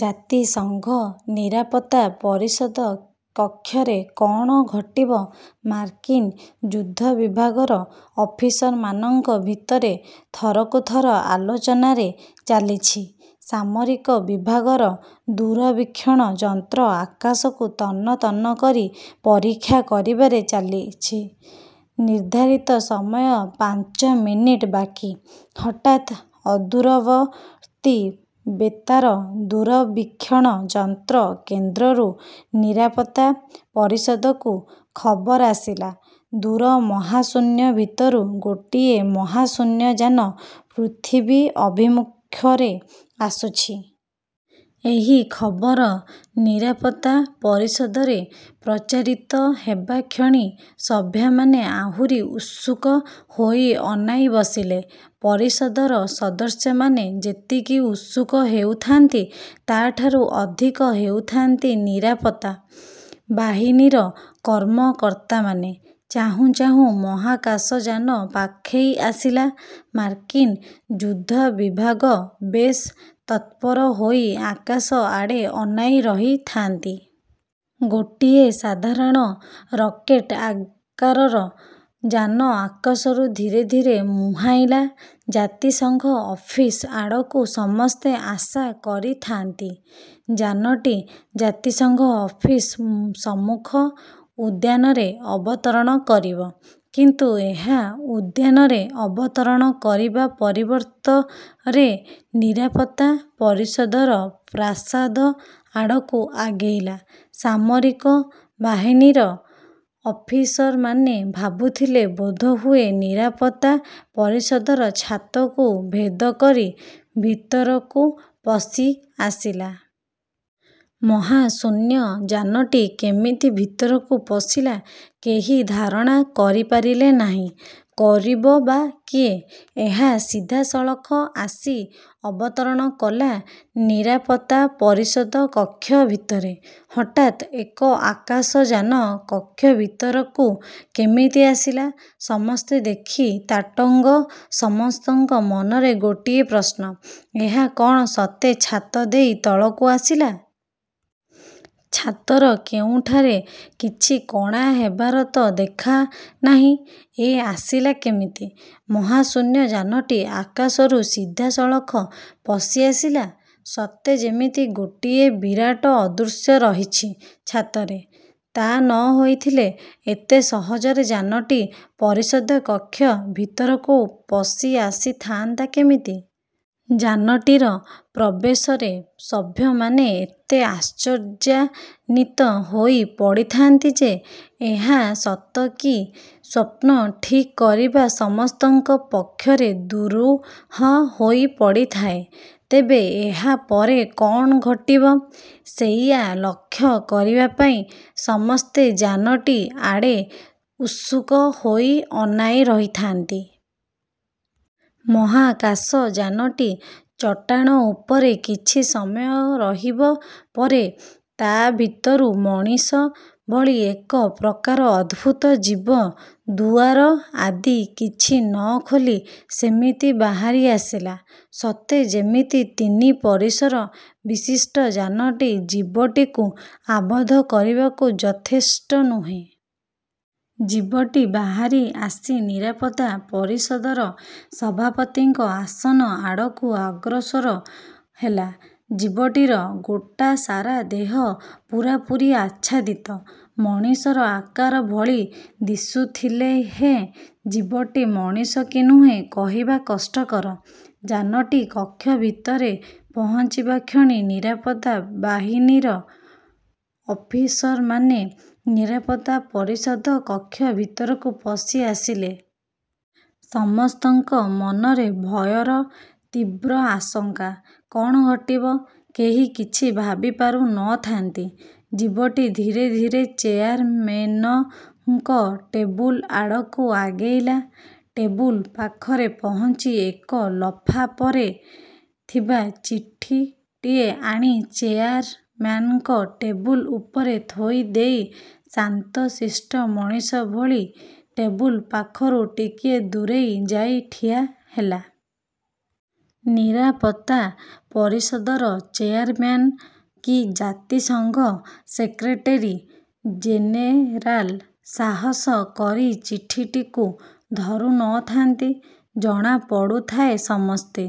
ଜାତିସଙ୍ଘ ନିରାପତ୍ତା ପରିଷଦ କକ୍ଷରେ କ'ଣ ଘଟିବ ମାର୍କିନ୍ ଯୁଦ୍ଧବିଭାଗର ଅଫିସରମାନଙ୍କ ଭିତରେ ଥରକୁ ଥର ଆଲୋଚନାରେ ଚାଲିଛି-। ସାମରିକ ବିଭାଗର ଦୂରବୀକ୍ଷଣ ଯନ୍ତ୍ର ଆକାଶକୁ ତନ୍ନ ତନ୍ନ କରି ପରୀକ୍ଷା କରିବାରେ ଲାଗିଛି-। ନିର୍ଦ୍ଧାରିତ ସମୟ ପାଞ୍ଚ ମିନିଟ୍ ବାକି। ହଠାତ୍ ଅଦୂରବର୍ତ୍ତୀ ବେତାର ଦୂରବୀକ୍ଷଣ ଯନ୍ତ୍ର କେନ୍ଦ୍ରରୁ ନିରାପତ୍ତା ପରିଷଦକୁ ଖବର ଆସିଲା, ଦୂର ମହାଶୂନ୍ୟ ଭିତରୁ ଗୋଟିଏ ମହାଶୂନ୍ୟଯାନ ପୃଥିବୀ ଅଭିମୁଖରେ ଆସୁଛି। ଏହି ଖବର ନିରାପତ୍ତା ପରିଷଦରେ ପ୍ରଚାରିତ ହେବାକ୍ଷଣି ସଭ୍ୟମାନେ ଆହୁରି ଉତ୍ସୁକ ହୋଇ ଅନାଇ ବସିଲେ। ପରିଷଦର ସଦସ୍ୟମାନେ ଯେତିକି ଉତ୍ସୁକ ହେଉଥାନ୍ତି, ତାଠାରୁ ଅଧିକ ହେଉଥାନ୍ତି ନିରାପତ୍ତା ବାହିନୀର କର୍ମକର୍ତ୍ତାମାନେ ଚାହୁଁ ଚାହୁଁ ମହାକାଶଯାନ ପାଖେଇ ଆସିଲା। ମାର୍କିନ୍ ଯୁଦ୍ଧବିଭାଗ ବେଶ୍ ତତ୍ପର ହୋଇ ଆକାଶ ଆଡ଼େ ଅନାଇ ରହିଥାନ୍ତି। ଗୋଟିଏ ସାଧାରଣ ରକେଟ୍ ଆକାରର ଯାନ ଆକାଶରୁ ଧୀରେ ଧୀରେ ମୁହାଁଇଲା ଜାତିସଂଘ ଅଫିସ୍ ଆଡ଼କୁ ସମସ୍ତେ ଆଶା କରିଥାଆନ୍ତି ଯାନଟି ଜାତିସଂଘ ଅଫିସ୍ ସମ୍ମୁଖ ଉଦ୍ୟାନରେ ଅବତରଣ କରିବ। କିନ୍ତୁ ଏହା ଉଦ୍ୟାନରେ ଅବତରଣ କରିବା ପରିବର୍ତ୍ତରେ ନିରାପତ୍ତା ପରିଷଦର ପ୍ରାସାଦ ଆଡ଼କୁ ଆଗେଇଲା ସାମରିକ ବାହିନୀର ଅଫିସରମାନେ ଭାବୁଥିଲେ ବୋଧହୁଏ ନିରାପତ୍ତା ପରିଷଦର ଛାତକୁ ଭେଦ କରି ଭିତରକୁ ପଶି ଆସିଲା। ମହାଶୂନ୍ୟ ଯାନଟି କେମିତି ଭିତରକୁ ପଶିଲା, କେହି ଧାରଣା କରିପାରିଲେ ନାହିଁ। କରିବ ବା କିଏ? ଏହା ସିଧା ସଳଖ ଆସି ଅବତରଣ କଲା ନିରାପତ୍ତା ପରିଷଦ କକ୍ଷ ଭିତରେ ହଠାତ ଏକ ଆକାଶଯାନ କକ୍ଷ ଭିତରକୁ କେମିତି ଆସିଲା ସମସ୍ତେ ଦେଖି ତାଟଙ୍ଗ ସମସ୍ତଙ୍କ ମନରେ ଗୋଟିଏ ପ୍ରଶ୍ନ, ଏହା କଣ ସତେ ଛାତ ଦେଇ ତଳକୁ ଆସିଲା? ଛାତର କେଉଁଠାରେ କିଛି କଣା ହେବାର ତ ଦେଖାନାହିଁ। ଏ ଆସିଲା କେମିତି? ମହାଶୂନ୍ୟ ଯାନଟି ଆକାଶରୁ ସିଧାସଳଖ ପଶିଆସିଲା ସତେ ଯେମିତି ଗୋଟିଏ ବିରାଟ ଅଦୃଶ୍ୟ ରହିଛି ଛାତରେ। ତା ନ ହୋଇଥିଲେ ଏତେ ସହଜରେ ଯାନଟି ପରିଷଦ କକ୍ଷ ଭିତରକୁ ପଶି ଅସିଥାନ୍ତା କେମିତି? ଯାନଟିର ପ୍ରବେଶରେ ସଭ୍ୟମାନେ ଏତେ ଆଶ୍ଚର୍ଯ୍ୟାନିତ ହୋଇ ପଡ଼ିଥାନ୍ତି ଯେ ଏହା ସତ କି ସ୍ୱପ୍ନ ଠିକ୍ କରିବା ସେମାନଙ୍କ ପକ୍ଷରେ ଦୁରୂହ ହୋଇ ପଡ଼ିଥାଏ। ତେବେ ଏହା ପରେ କଣ ଘଟିବ, ସେଇଆ ଲକ୍ଷ୍ୟ କରିବା ପାଇଁ। ସମସ୍ତେ ଯାନଟି ଆଡ଼େ ଉତ୍ସୁକ ହୋଇ ଅନାଇ ରହିଥାନ୍ତି। ମହାକାଶ ଯାନଟି ଚଟାଣ ଉପରେ କିଛି ସମୟ ରହିବ ପରେ ତା ଭିତରୁ ମଣିଷ ଭଳି ଏକ ପ୍ରକାର ଅଦ୍ଭୁତ ଜୀବ ଦୁଆର ଆଦି କିଛି ନ ଖୋଲି ସେମିତି ବାହାରି ଆସିଲା। ସତେ ଯେମିତି ତିନି ପରିସର ବିଶିଷ୍ଟ ଯାନଟି ଜୀବଟିକୁ ଆବଦ୍ଧ କରିବାକୁ ଯଥେଷ୍ଟ ନୁହେଁ। ଜୀବଟି ବାହାରି ଆସି ନିରାପତ୍ତା ପରିଷଦର ସଭାପତିଙ୍କ ଆସନ ଆଡ଼କୁ ଅଗ୍ରସର ହେଲା। ଜୀବଟିର ଗୋଟା ସାରା ଦେହ ପୂରାପୂରି ଆଚ୍ଛାଦିତ। ମଣିଷର ଆକାର ଭଳି ଦିଶୁଥିଲେ ହେଁ ଜୀବଟି ମଣିଷ କି ନୁହେଁ କହିବା କଷ୍ଟକର। ଯାନଟି କକ୍ଷ ଭିତରେ ପହଞ୍ଚିବା କ୍ଷଣି ନିରାପତ୍ତା ବାହିନୀର ଅଫିସରମାନେ ନିରାପତ୍ତା ପରିଷଦ କକ୍ଷ ଭିତରକୁ ପଶି ଆଶିଲେ। ସମସ୍ତଙ୍କ ମନରେ ଭୟର ତୀବ୍ର ଆଶଙ୍କା। କଣ ଘଟିବ, କେହି କିଛି ଭାବିପାରୁ ନ ଥାନ୍ତି। ଜୀବଟି ଧୀରେ ଧୀରେ ଚେୟାରମେନଙ୍କ ଟେବୁଲ ଆଡ଼କୁ ଆଗେଇଲା ଟେବୁଲ ପାଖରେ ପହଞ୍ଚି ଏକ ଲଫାଫରେ ଥିବା ଚିଠିଟିଏ ଆଣି ଚେୟାରମ୍ୟାନଙ୍କ ଟେବୁଲ ଉପରେ ଥୋଇଦେଇ ଶାନ୍ତଶିଷ୍ଟ ମଣିଷ ଭଳି ଟେବୁଲ ପାଖରୁ ଟିକିଏ ଦୂରେଇ ଯାଇ ଠିଆହେଲା। ନିରାପତ୍ତା ପରିଷଦର ଚେୟାରମ୍ୟାନ କି ଜାତିସଂଘ ସେକ୍ରେଟେରୀ ଜେନେରାଲ ସାହସ କରି ଚିଠିଟିକୁ ଧରୁ ନ ଥାନ୍ତି। ଜଣା ପଡ଼ୁଥାଏ ସମସ୍ତେ